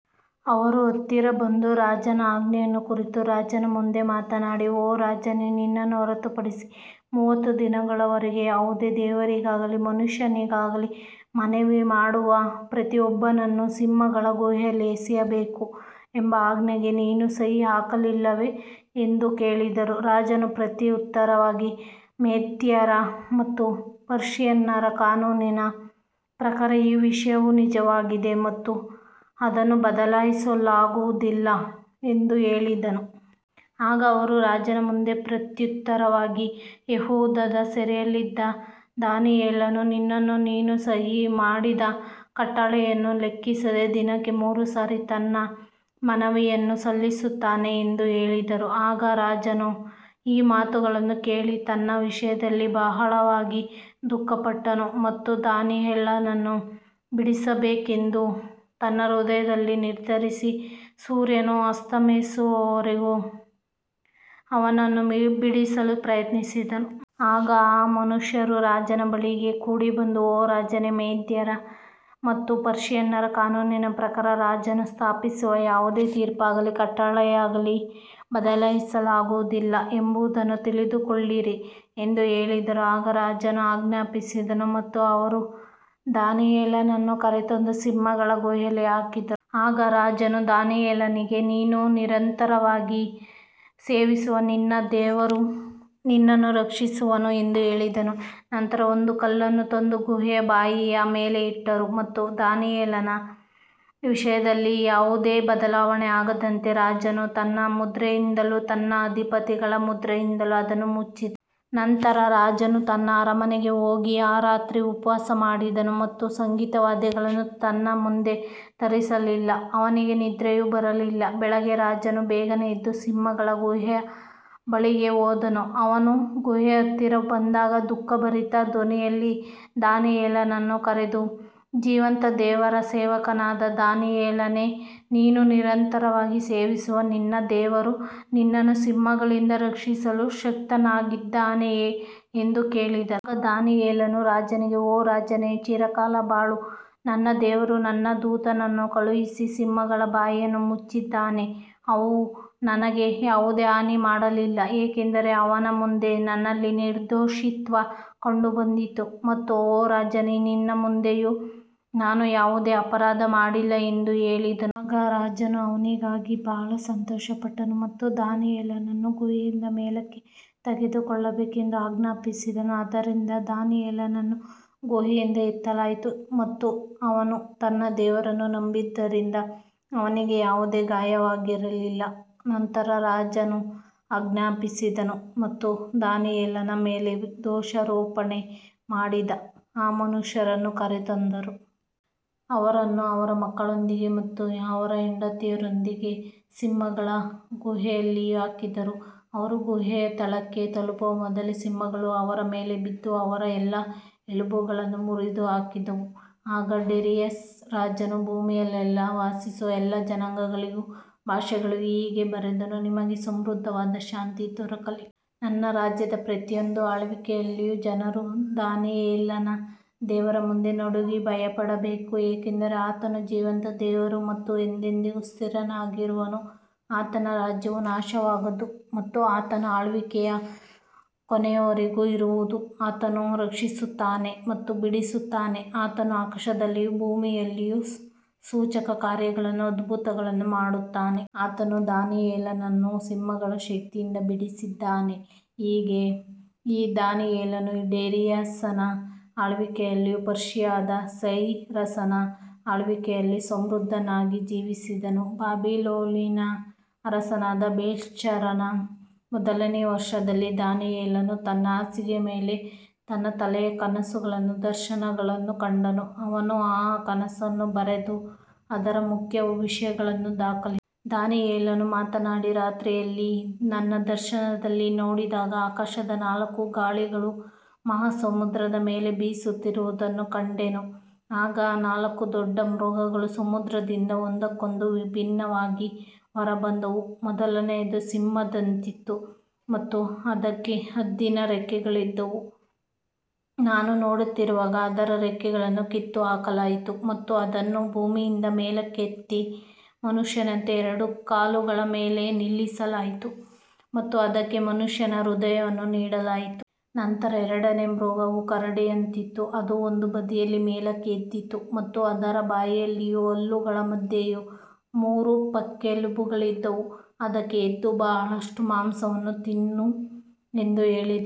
ಅವರು ಹತ್ತಿರ ಬಂದು ರಾಜನ ಆಜ್ಞೆಯನ್ನು ಕುರಿತು ರಾಜನ ಮುಂದೆ ಮಾತನಾಡಿ, ಓ ರಾಜನೇ, ನಿನ್ನನ್ನು ಹೊರತುಪಡಿಸಿ ಮೂವತ್ತು ದಿನಗಳವರೆಗೆ ಯಾವುದೇ ದೇವರಿಗಾಗಲಿ ಮನುಷ್ಯನಿಗಾಗಲಿ ಮನವಿ ಮಾಡುವ ಪ್ರತಿಯೊಬ್ಬನನ್ನೂ ಸಿಂಹಗಳ ಗುಹೆಯಲ್ಲಿ ಎಸೆಯಬೇಕು ಎಂಬ ಆಜ್ಞೆಗೆ ನೀನು ಸಹಿ ಹಾಕಲಿಲ್ಲವೇ ಎಂದು ಕೇಳಿದರು. ರಾಜನು ಪ್ರತ್ಯುತ್ತರವಾಗಿ, ಮೇದ್ಯರ ಮತ್ತು ಪರ್ಷಿಯನ್ನರ ಕಾನೂನಿನ ಪ್ರಕಾರ ಈ ವಿಷಯವು ನಿಜವಾಗಿದೆ ಮತ್ತು ಅದನ್ನು ಬದಲಾಯಿಸಲಾಗುವುದಿಲ್ಲ ಎಂದು ಹೇಳಿದನು. ಆಗ ಅವರು ರಾಜನ ಮುಂದೆ ಪ್ರತ್ಯುತ್ತರವಾಗಿ, ಯೆಹೂದದ ಸೆರೆಯಲ್ಲಿದ್ದ ದಾನಿಯೇಲನು ನಿನ್ನನ್ನೂ ನೀನು ಸಹಿ ಮಾಡಿದ ಕಟ್ಟಳೆಯನ್ನೂ ಲೆಕ್ಕಿಸದೆ ದಿನಕ್ಕೆ ಮೂರು ಸಾರಿ ತನ್ನ ಮನವಿಯನ್ನು ಸಲ್ಲಿಸುತ್ತಾನೆ ಎಂದು ಹೇಳಿದರು. ಆಗ ರಾಜನು ಈ ಮಾತುಗಳನ್ನು ಕೇಳಿ ತನ್ನ ವಿಷಯದಲ್ಲಿ ಬಹಳವಾಗಿ ದುಃಖಪಟ್ಟನು ಮತ್ತು ದಾನಿಯೇಲನನ್ನು ಬಿಡಿಸಬೇಕೆಂದು ತನ್ನ ಹೃದಯದಲ್ಲಿ ನಿರ್ಧರಿಸಿ, ಸೂರ್ಯನು ಅಸ್ತಮಿಸುವವರೆಗೂ ಅವನನ್ನು ಬಿಡಿಸಲು ಪ್ರಯತ್ನಿಸಿದನು. ಆಗ ಆ ಮನುಷ್ಯರು ರಾಜನ ಬಳಿಗೆ ಕೂಡಿಬಂದು, ಓ ರಾಜನೇ, ಮೇದ್ಯರ ಮತ್ತು ಪರ್ಷಿಯನ್ನರ ಕಾನೂನಿನ ಪ್ರಕಾರ ರಾಜನು ಸ್ಥಾಪಿಸುವ ಯಾವುದೇ ತೀರ್ಪಾಗಲಿ ಕಟ್ಟಳೆಯಾಗಲಿ ಬದಲಾಯಿಸಲಾಗುವುದಿಲ್ಲ ಎಂಬುದನ್ನು ತಿಳಿದುಕೊಳ್ಳಿರಿ ಎಂದು ಹೇಳಿದರು. ಆಗ ರಾಜನು ಆಜ್ಞಾಪಿಸಿದನು ಮತ್ತು ಅವರು ದಾನಿಯೇಲನನ್ನು ಕರೆತಂದು ಸಿಂಹಗಳ ಗುಹೆಯಲ್ಲಿ ಹಾಕಿದರು. ಆಗ ರಾಜನು ದಾನಿಯೇಲನಿಗೆ, ನೀನು ನಿರಂತರವಾಗಿ ಸೇವಿಸುವ ನಿನ್ನ ದೇವರು ನಿನ್ನನ್ನು ರಕ್ಷಿಸುವನು ಎಂದು ಹೇಳಿದನು. ನಂತರ ಒಂದು ಕಲ್ಲನ್ನು ತಂದು ಗುಹೆಯ ಬಾಯಿಯ ಮೇಲೆ ಇಟ್ಟರು ಮತ್ತು ದಾನಿಯೇಲನ ವಿಷಯದಲ್ಲಿ ಯಾವುದೇ ಬದಲಾವಣೆ ಆಗದಂತೆ ರಾಜನು ತನ್ನ ಮುದ್ರೆಯಿಂದಲೂ ತನ್ನ ಅಧಿಪತಿಗಳ ಮುದ್ರೆಯಿಂದಲೂ ಅದನ್ನು ಮುಚ್ಚಿದನು. ನಂತರ ರಾಜನು ತನ್ನ ಅರಮನೆಗೆ ಹೋಗಿ ಆ ರಾತ್ರಿ ಉಪವಾಸ ಮಾಡಿದನು ಮತ್ತು ಸಂಗೀತ ವಾದ್ಯಗಳನ್ನು ತನ್ನ ಮುಂದೆ ತರಿಸಲಿಲ್ಲ, ಅವನಿಗೆ ನಿದ್ರೆಯೂ ಬರಲಿಲ್ಲ. ಬೆಳಿಗ್ಗೆ ರಾಜನು ಬೇಗನೆ ಎದ್ದು ಸಿಂಹಗಳ ಗುಹೆಯ ಬಳಿಗೆ ಹೋದನು. ಅವನು ಗುಹೆಯ ಹತ್ತಿರ ಬಂದಾಗ ದುಃಖಭರಿತ ಧ್ವನಿಯಲ್ಲಿ ದಾನಿಯೇಲನನ್ನು ಕರೆದು, ಜೀವಂತ ದೇವರ ಸೇವಕನಾದ ದಾನಿಯೇಲನೇ, ನೀನು ನಿರಂತರವಾಗಿ ಸೇವಿಸುವ ನಿನ್ನ ದೇವರು ನಿನ್ನನ್ನು ಸಿಂಹಗಳಿಂದ ರಕ್ಷಿಸಲು ಶಕ್ತನಾಗಿದ್ದಾನೆಯೇ ಎಂದು ಕೇಳಿದನು. ಆಗ ದಾನಿಯೇಲನು ರಾಜನಿಗೆ, ಓ ರಾಜನೇ, ಚಿರಕಾಲ ಬಾಳು. ನನ್ನ ದೇವರು ತನ್ನ ದೂತನನ್ನು ಕಳುಹಿಸಿ ಸಿಂಹಗಳ ಬಾಯಿಯನ್ನು ಮುಚ್ಚಿದ್ದಾನೆ. ಅವು ನನಗೆ ಯಾವುದೇ ಹಾನಿ ಮಾಡಲಿಲ್ಲ, ಏಕೆಂದರೆ ಅವನ ಮುಂದೆ ನನ್ನಲ್ಲಿ ನಿರ್ದೋಷಿತ್ವ ಕಂಡುಬಂದಿತು ಮತ್ತು ಓ ರಾಜನೇ, ನಿನ್ನ ಮುಂದೆಯೂ ನಾನು ಯಾವುದೇ ಅಪರಾಧ ಮಾಡಿಲ್ಲ ಎಂದು ಹೇಳಿದನು. ಆಗ ರಾಜನು ಅವನಿಗಾಗಿ ಬಹಳ ಸಂತೋಷಪಟ್ಟನು ಮತ್ತು ದಾನಿಯೇಲನನ್ನು ಗುಹೆಯಿಂದ ಮೇಲಕ್ಕೆ ತೆಗೆದುಕೊಳ್ಳಬೇಕೆಂದು ಆಜ್ಞಾಪಿಸಿದನು. ಆದ್ದರಿಂದ ದಾನಿಯೇಲನನ್ನು ಗುಹೆಯಿಂದ ಎತ್ತಲಾಯಿತು ಮತ್ತು ಅವನು ತನ್ನ ದೇವರನ್ನು ನಂಬಿದ್ದರಿಂದ ಅವನಿಗೆ ಯಾವುದೇ ಗಾಯವಾಗಿರಲಿಲ್ಲ. ನಂತರ ರಾಜನು ಆಜ್ಞಾಪಿಸಿದನು ಮತ್ತು ದಾನಿಯೇಲನ ಮೇಲೆ ದೋಷಾರೋಪಣೆ ಮಾಡಿದ ಆ ಮನುಷ್ಯರನ್ನು ಕರೆತಂದರು. ಅವರನ್ನು ಅವರ ಮಕ್ಕಳೊಂದಿಗೆ ಮತ್ತು ಅವರ ಹೆಂಡತಿಯರೊಂದಿಗೆ ಸಿಂಹಗಳ ಗುಹೆಯಲ್ಲಿ ಹಾಕಿದರು. ಅವರು ಗುಹೆಯ ತಳಕ್ಕೆ ತಲುಪುವ ಮೊದಲೇ ಸಿಂಹಗಳು ಅವರ ಮೇಲೆ ಬಿದ್ದು ಅವರ ಎಲ್ಲಾ ಎಲುಬುಗಳನ್ನು ಮುರಿದುಹಾಕಿದವು. ಆಗ ಡೇರಿಯಸ್ ರಾಜನು ಭೂಮಿಯಲ್ಲೆಲ್ಲಾ ವಾಸಿಸುವ ಎಲ್ಲಾ ಜನಾಂಗಗಳಿಗೂ ಭಾಷೆಗಳಿಗೂ ಹೀಗೆ ಬರೆದನು, ನಿಮಗೆ ಸಮೃದ್ಧವಾದ ಶಾಂತಿ ದೊರಕಲಿ. ನನ್ನ ರಾಜ್ಯದ ಪ್ರತಿಯೊಂದು ಆಳ್ವಿಕೆಯಲ್ಲಿಯೂ ಜನರು ದಾನಿಯೇಲನ ದೇವರ ಮುಂದೆ ನಡುಗಿ ಭಯಪಡಬೇಕು, ಏಕೆಂದರೆ ಆತನು ಜೀವಂತ ದೇವರು ಮತ್ತು ಎಂದೆಂದಿಗೂ ಸ್ಥಿರನಾಗಿರುವನು, ಆತನ ರಾಜ್ಯವು ನಾಶವಾಗದು ಮತ್ತು ಆತನ ಆಳ್ವಿಕೆಯು ಕೊನೆಯವರೆಗೂ ಇರುವುದು. ಆತನು ರಕ್ಷಿಸುತ್ತಾನೆ ಮತ್ತು ಬಿಡಿಸುತ್ತಾನೆ, ಆತನು ಆಕಾಶದಲ್ಲಿಯೂ ಭೂಮಿಯಲ್ಲಿಯೂ ಸೂಚಕಕಾರ್ಯಗಳನ್ನೂ ಅದ್ಭುತಗಳನ್ನೂ ಮಾಡುತ್ತಾನೆ. ಆತನು ದಾನಿಯೇಲನನ್ನು ಸಿಂಹಗಳ ಶಕ್ತಿಯಿಂದ ಬಿಡಿಸಿದ್ದಾನೆ. ಹೀಗೆ ಈ ದಾನಿಯೇಲನು ಡೇರಿಯಸನ ಆಳ್ವಿಕೆಯಲ್ಲಿಯೂ ಪರ್ಷಿಯಾದ ಸೈರಸನ ಆಳ್ವಿಕೆಯಲ್ಲಿಯೂ ಸಮೃದ್ಧನಾಗಿ ಜೀವಿಸಿದನು. ಬಾಬಿಲೋನಿನ ಅರಸನಾದ ಬೆಲ್ಶಚ್ಚರನ ಮೊದಲನೆಯ ವರ್ಷದಲ್ಲಿ ದಾನಿಯೇಲನು ತನ್ನ ಹಾಸಿಗೆಯ ಮೇಲೆ ತನ್ನ ತಲೆಯ ಕನಸುಗಳನ್ನೂ ದರ್ಶನಗಳನ್ನೂ ಕಂಡನು. ಅವನು ಆ ಕನಸನ್ನು ಬರೆದು ಅದರ ಮುಖ್ಯ ವಿಷಯಗಳನ್ನು ದಾಖಲಿಸಿದನು. ದಾನಿಯೇಲನು ಮಾತನಾಡಿ, ರಾತ್ರಿಯಲ್ಲಿ ನನ್ನ ದರ್ಶನದಲ್ಲಿ ನೋಡಿದಾಗ, ಆಕಾಶದ ನಾಲ್ಕು ಗಾಳಿಗಳು ಮಹಾ ಸಮುದ್ರದ ಮೇಲೆ ಬೀಸುತ್ತಿರುವುದನ್ನು ಕಂಡೆನು. ಆಗ ನಾಲ್ಕು ದೊಡ್ಡ ಮೃಗಗಳು ಸಮುದ್ರದಿಂದ ಒಂದಕ್ಕೊಂದು ವಿಭಿನ್ನವಾಗಿ ಹೊರಬಂದವು. ಮೊದಲನೆಯದು ಸಿಂಹದಂತಿತ್ತು ಮತ್ತು ಅದಕ್ಕೆ ಹದ್ದಿನ ರೆಕ್ಕೆಗಳಿದ್ದವು. ನಾನು ನೋಡುತ್ತಿರುವಾಗ ಅದರ ರೆಕ್ಕೆಗಳನ್ನು ಕಿತ್ತುಹಾಕಲಾಯಿತು ಮತ್ತು ಅದನ್ನು ಭೂಮಿಯಿಂದ ಮೇಲಕ್ಕೆತ್ತಿ ಮನುಷ್ಯನಂತೆ ಎರಡು ಕಾಲುಗಳ ಮೇಲೆ ನಿಲ್ಲಿಸಲಾಯಿತು ಮತ್ತು ಅದಕ್ಕೆ ಮನುಷ್ಯನ ಹೃದಯವನ್ನು ನೀಡಲಾಯಿತು. ನಂತರ ಎರಡನೆಯ ಮೃಗವು ಕರಡಿಯಂತಿತ್ತು. ಅದು ಒಂದು ಬದಿಯಲ್ಲಿ ಮೇಲಕ್ಕೆ ಎದ್ದಿತ್ತು ಮತ್ತು ಅದರ ಬಾಯಿಯಲ್ಲಿಯೂ ಹಲ್ಲುಗಳ ಮಧ್ಯೆಯೂ ಮೂರು ಪಕ್ಕೆಲುಬುಗಳಿದ್ದವು. ಅದಕ್ಕೆ, ಎದ್ದು ಬಹಳಷ್ಟು ಮಾಂಸವನ್ನು ತಿನ್ನು ಎಂದು ಹೇಳಿದರು.